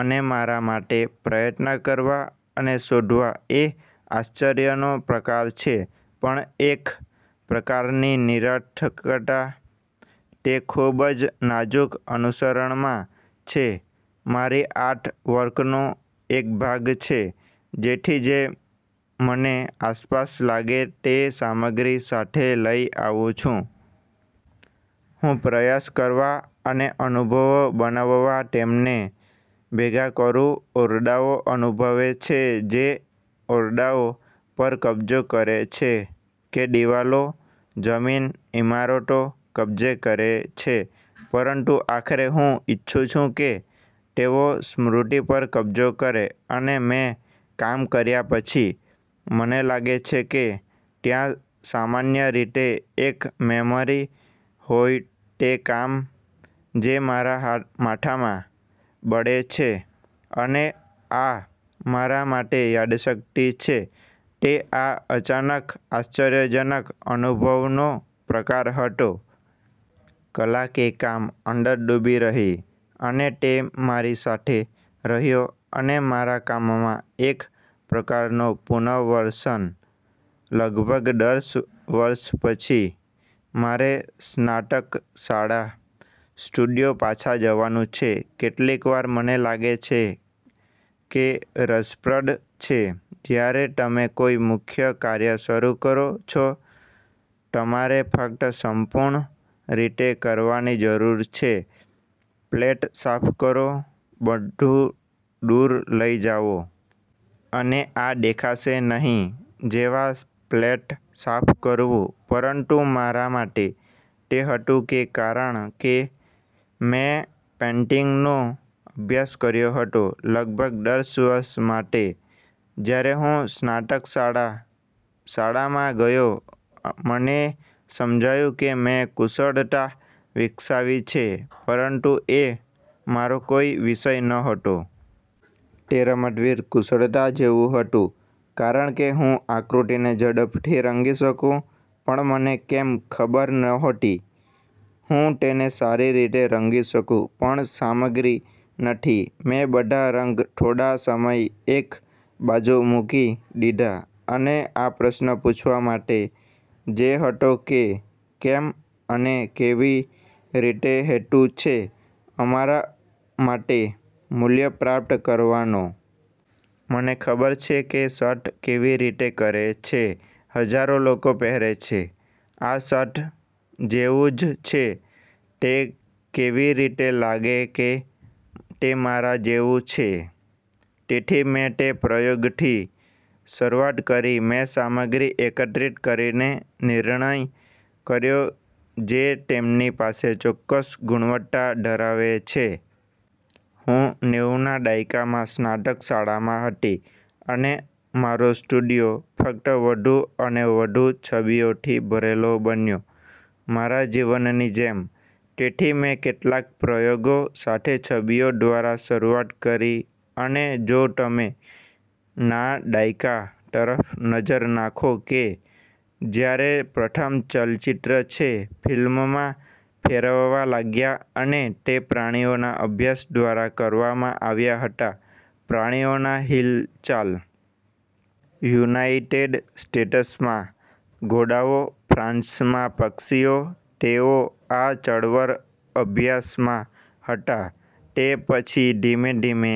અને મારા માટે, પ્રયત્ન કરવા અને શોધવા એ આશ્ચર્યનો પ્રકાર છે, પણ એક પ્રકારની નિરર્થકતા તે ખૂબ જ નાજુક અનુસરણમાં છે, મારી આર્ટ વર્કનો એક ભાગ છે. તેથી જે મને આસપાસ લાગે તે સામગ્રી સાથે લઈ આવુ છું. હું પ્રયાસ કરવા અને અનુભવો બનાવવા તેમને ભેગા કરુ ઓરડાઓ અનુભવે છે જે ઓરડાઓ પર કબજો કરે છે, કે દિવાલો, જમીન, ઇમારતો કબજે કરે છે ,પરંતુ આખરે હું ઇચ્છું છું કે તેઓ સ્મૃતિ પર કબજો કરે અને મેં કામ કર્યા પછી, મને લાગે છે કે ત્યાં સામાન્ય રીતે એક મેમરી હોય તે કામ જે મારા માથામાં બળે છે અને આ મારા માટે યાદશક્તિ છે તે આ અચાનક આશ્ચર્યજનક અનુભવનો પ્રકાર હતો. કલા કે કામ અંદર ડૂબી રહી. અને તે મારી સાથે રહ્યો અને મારા કામમાં એક પ્રકારનો પુનર્વસન લગભગ દસ વર્ષ પછી. મારે સ્નાતકશાળા સ્ટુડિયો પાછા જવાનુ છે કેટલીકવાર મને લાગે છે કે રસપ્રદ છે જ્યારે તમે કોઈ મુખ્ય કાર્ય શરૂ કરો છો, તમારે ફક્ત સંપૂર્ણ રીતે કરવાની જરૂર છે પ્લેટ સાફ કરો, બધું દૂર લઈ જાઓ. અને આ દેખાશે નહીં જેવા પ્લેટ સાફ કરવું, પરંતુ મારા માટે, તે હતું કારણ કે મેં પેઇન્ટિંગનો અભ્યાસ કર્યો હતો લગભગ દસ વર્ષ માટે, જ્યારે હું સ્નાતકશાળા શાળામા ગયો મને સમજાયું કે મેં કુશળતા વિકસાવી છે, પરંતુ એ મારો કોઈ વિષય નહોતો. તે રમતવીર કુશળતા જેવું હતું, કારણ કે હું આકૃતિને ઝડપથી રંગી શકું, પણ મને કેમ ખબર નહોતી. હું તેને સારી રીતે રંગી શકુ પણ સામગ્રી નથી મેં બધા રંગ થોડા સમય એક બાજુ મૂકી દીધા અને આ પ્રશ્ન પૂછવા માટે, જે હતો કે "કેમ અને કેવી રીતે હેતુ છે અમારા માટે મૂલ્ય પ્રાપ્ત કરવાનો? " મને ખબર છે કે શર્ટ કેવી રીતે કરે છે હજારો લોકો પહેરે છે, આ શટૅ જેવું જ છે તે કેવી રીતે લાગે કે તે મારા જેવું છે? તેથી મેં તે પ્રયોગથી શરૂઆત કરી મેં સામગ્રી એકત્રિત કરીને નિર્ણય કર્યો જે તેમની પાસે ચોક્કસ ગુણવત્તા ધરાવે છે. હું નેવુના દાયકામાં સ્નાતક શાળામાં હતી અને મારો સ્ટુડિયો ફક્ત વધુ અને વધુ છબીઓથી ભરેલો બન્યો, મારા જીવનની જેમ. તેથી મેં કેટલાક પ્રયોગો સાથે છબીઓ દ્વારા શરૂઆત કરી અને જો તમે ના દાયકા તરફ નજર નાખો, કે જ્યારે પ્રથમ ચલચિત્ર છે ફિલ્મમાં ફેરવવા લાગ્યા અને તે પ્રાણીઓના અભ્યાસ દ્વારા કરવામાં આવ્યા હતા પ્રાણીઓની હિલચાલ. યુનાઇટેડ સ્ટેટ્સમાં ઘોડાઓ, ફ્રાન્સમાં પક્ષીઓ. તેઓ આ ચળવળઅભ્યાસ માં હતા તે પછી ધીમે ધીમે